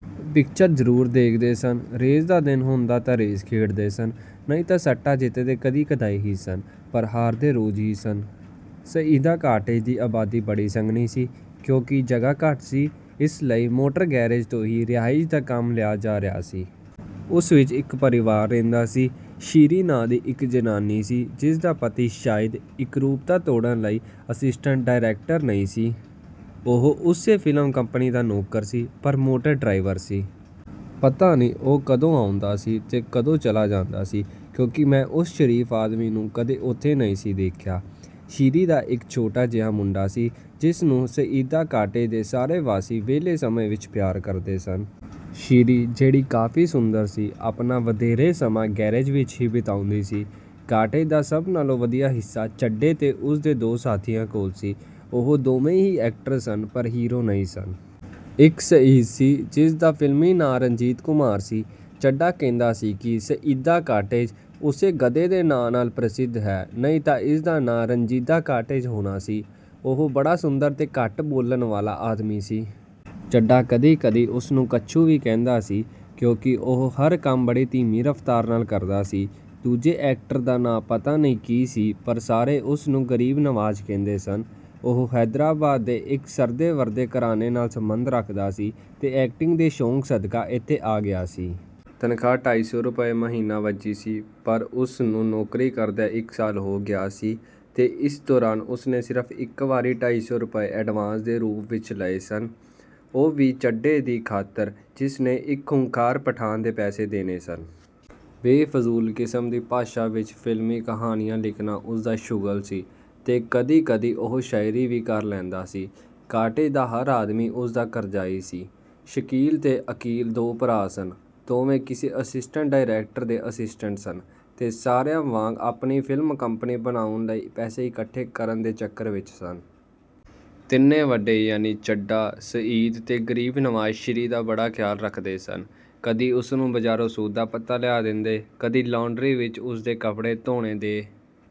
Picture ਜਰੂਰ ਦੇਖਦੇ ਸਨ, ਰੇਸ ਦਾ ਦਿਨ ਹੁੰਦਾ ਤਾਂ ਰੇਸ ਖੇਡਦੇ ਸਨ, ਨਹੀਂ ਤਾਂ ਸੱਟਾ ਜਿੱਤਦੇ ਕਦੀ-ਕਦਾਈ ਹੀ ਸਨ, ਪਰ ਹਾਰਦੇ ਰੋਜ਼ ਹੀ ਸਨ। ਸਈਦਾ ਕਾਟੇਜ ਦੀ ਆਬਾਦੀ ਬੜੀ ਸੰਘਣੀ ਸੀ। ਕਿਉਂਕਿ ਜਗ੍ਹਾ ਘੱਟ ਸੀ, ਇਸ ਲਈ ਮੋਟਰ ਗੈਰੇਜ ਤੋਂ ਵੀ ਰਿਹਾਇਸ਼ ਦਾ ਕੰਮ ਲਿਆ ਜਾ ਰਿਹਾ ਸੀ। ਉਸ ਵਿਚ ਇਕ ਪਰਿਵਾਰ ਰਹਿੰਦਾ ਸੀ। ਸ਼ੀਰੀਂ ਨਾਂਅ ਦੀ ਇਕ ਜ਼ਨਾਨੀ ਸੀ, ਜਿਸ ਦਾ ਪਤੀ ਸ਼ਾਇਦ ਇਕਰੂਪਤਾ ਤੋੜਨ ਲਈ ਅਸਿਸਟੈਂਟ ਡਾਇਰੈਕਟਰ ਨਹੀਂ ਸੀ। ਉਹ ਉਸੇ ਫ਼ਿਲਮ ਕੰਪਨੀ ਦਾ ਨੌਕਰ ਸੀ, ਪਰ ਮੋਟਰ ਡਰਾਈਵਰ ਸੀ। ਪਤਾ ਨਹੀਂ ਉਹ ਕਦੋਂ ਆਉਂਦਾ ਸੀ ਤੇ ਕਦੋਂ ਚਲਾ ਜਾਂਦਾ ਸੀ, ਕਿਉਂਕਿ ਮੈਂ ਉਸ ਸ਼ਰੀਫ ਆਦਮੀ ਨੂੰ ਕਦੀ ਉੱਥੇ ਨਹੀਂ ਸੀ ਦੇਖਿਆ। ਸ਼ੀਰੀਂ ਦਾ ਇਕ ਛੋਟਾ ਜਿਹਾ ਮੁੰਡਾ ਸੀ, ਜਿਸਨੂੰ ਸਈਦਾ ਕਾਟੇਜ ਦੇ ਸਾਰੇ ਵਾਸੀ ਵਿਹਲੇ ਸਮੇਂ ਵਿਚ ਪਿਆਰ ਕਰਦੇ ਸਨ। ਸ਼ੀਰੀਂ, ਜਿਹੜੀ ਕਾਫੀ ਸੁੰਦਰ ਸੀ, ਆਪਣਾ ਵਧੇਰੇ ਸਮਾਂ ਗੈਰੇਜ ਵਿਚ ਹੀ ਬਿਤਾਉਂਦੀ ਸੀ। ਕਾਟੇਜ ਦਾ ਸਭ ਨਾਲੋਂ ਵਧੀਆ ਹਿੱਸਾ ਚੱਡੇ ਤੇ ਉਸਦੇ ਦੋ ਸਾਥੀਆਂ ਕੋਲ ਸੀ। ਉਹ ਦੋਵੇਂ ਵੀ ਐਕਟਰ ਸਨ, ਪਰ ਹੀਰੋ ਨਹੀਂ ਸਨ। ਇਕ ਸਈਦ ਸੀ, ਜਿਸਦਾ ਫਿਲਮੀ ਨਾਂ ਰਣਜੀਤ ਕੁਮਾਰ ਸੀ। ਚੱਡਾ ਕਹਿੰਦਾ ਸੀ ਕਿ ਸਈਦਾ ਕਾਟੇਜ ਉਸੇ ਗਧੇ ਦੇ ਨਾਂਅ ਨਾਲ ਪ੍ਰਸਿੱਧ ਹੈ, ਨਹੀਂ ਤਾਂ ਇਸਦਾ ਨਾਂਅ 'ਰੰਜੀਦਾ ਕਾਟੇਜ' ਹੋਣਾ ਸੀ। ਉਹ ਬੜਾ ਸੁੰਦਰ ਤੇ ਘੱਟ ਬੋਲਣ ਵਾਲਾ ਆਦਮੀ ਸੀ। ਚੱਡਾ ਕਦੀ-ਕਦੀ ਉਸਨੂੰ ਕੱਛੂ ਵੀ ਕਹਿੰਦਾ ਸੀ, ਕਿਉਂਕਿ ਉਹ ਹਰ ਕੰਮ ਬੜੀ ਧੀਮੀ ਰਫ਼ਤਾਰ ਨਾਲ ਕਰਦਾ ਸੀ। ਦੂਜੇ ਐਕਟਰ ਦਾ ਨਾਂਅ ਪਤਾ ਨਹੀਂ ਕੀ ਸੀ, ਪਰ ਸਾਰੇ ਉਸਨੂੰ ਗਰੀਬ ਨਵਾਜ ਕਹਿੰਦੇ ਸਨ। ਉਹ ਹੈਦਰਾਬਾਦ ਦੇ ਇਕ ਸਰਦੇ-ਵਰਦੇ ਘਰਾਣੇ ਨਾਲ ਸੰਬੰਧ ਰੱਖਦਾ ਸੀ ਤੇ ਐਕਟਿੰਗ ਦੇ ਸ਼ੌਕ ਸਦਕਾ ਇੱਥੇ ਆ ਗਿਆ ਸੀ। ਤਨਖ਼ਾਹ ਢਾਈ ਸੌ ਰੁਪਏ ਮਹੀਨਾ ਵੱਝੀ ਸੀ, ਪਰ ਉਸਨੂੰ ਨੌਕਰੀ ਕਰਦਿਆਂ ਇਕ ਸਾਲ ਹੋ ਗਿਆ ਸੀ ਤੇ ਇਸ ਦੌਰਾਨ ਉਸਨੇ ਸਿਰਫ ਇਕ ਵਾਰੀ ਢਾਈ ਸੌ ਰੁਪਏ ਐਡਵਾਂਸ ਦੇ ਰੂਪ ਵਿਚ ਲਏ ਸਨ। ਉਹ ਵੀ ਚੱਡੇ ਦੀ ਖਾਤਰ, ਜਿਸਨੇ ਇਕ ਖ਼ੂੰਖਾਰ ਪਠਾਨ ਦੇ ਪੈਸੇ ਦੇਣੇ ਸਨ। ਬੇਫਜੂਲ ਕਿਸਮ ਦੀ ਭਾਸ਼ਾ ਵਿਚ ਫ਼ਿਲਮੀ ਕਹਾਣੀਆਂ ਲਿਖਣਾ ਉਸਦਾ ਸ਼ੁਗਲ ਸੀ ਤੇ ਕਦੀ-ਕਦੀ ਉਹ ਸ਼ਾਇਰੀ ਵੀ ਕਰ ਲੈਂਦਾ ਸੀ। ਕਾਟੇਜ਼ ਦਾ ਹਰ ਆਦਮੀ ਉਸਦਾ ਕਰਜਾਈ ਸੀ। ਸ਼ਕੀਲ ਤੇ ਅਕੀਲ ਦੋ ਭਰਾ ਸਨ। ਦੋਵੇਂ ਕਿਸੇ ਅਸਿਸਟੈਂਟ ਡਾਇਰੈਕਟਰ ਦੇ ਅਸਿਸਸਟੈਂਟ ਸਨ ਤੇ ਸਾਰਿਆਂ ਵਾਂਗ ਆਪਣੀ ਫ਼ਿਲਮ ਕੰਪਨੀ ਬਣਾਉਣ ਲਈ ਪੈਸੇ ਇਕੱਠੇ ਕਰਨ ਦੇ ਚੱਕਰ ਵਿਚ ਸਨ। ਤਿੰਨੇ ਵੱਡੇ ਯਾਨੀ ਚੱਡਾ, ਸਈਦ ਤੇ ਗਰੀਬ ਨਵਾਜ਼ ਸ਼ੀਂਰੀ ਦਾ ਬੜਾ ਖ਼ਿਆਲ ਰੱਖਦੇ ਸਨ। ਕਦੀ ਉਸਨੂੰ ਬਾਜ਼ਾਰੋਂ ਸੌਦਾ-ਪੱਤਾ ਲਿਆ ਦਿੰਦੇ, ਕਦੀ ਲਾਂਡਰੀ ਵਿਚ ਉਸਦੇ ਕੱਪੜੇ ਧੋਣੇ ਦੇ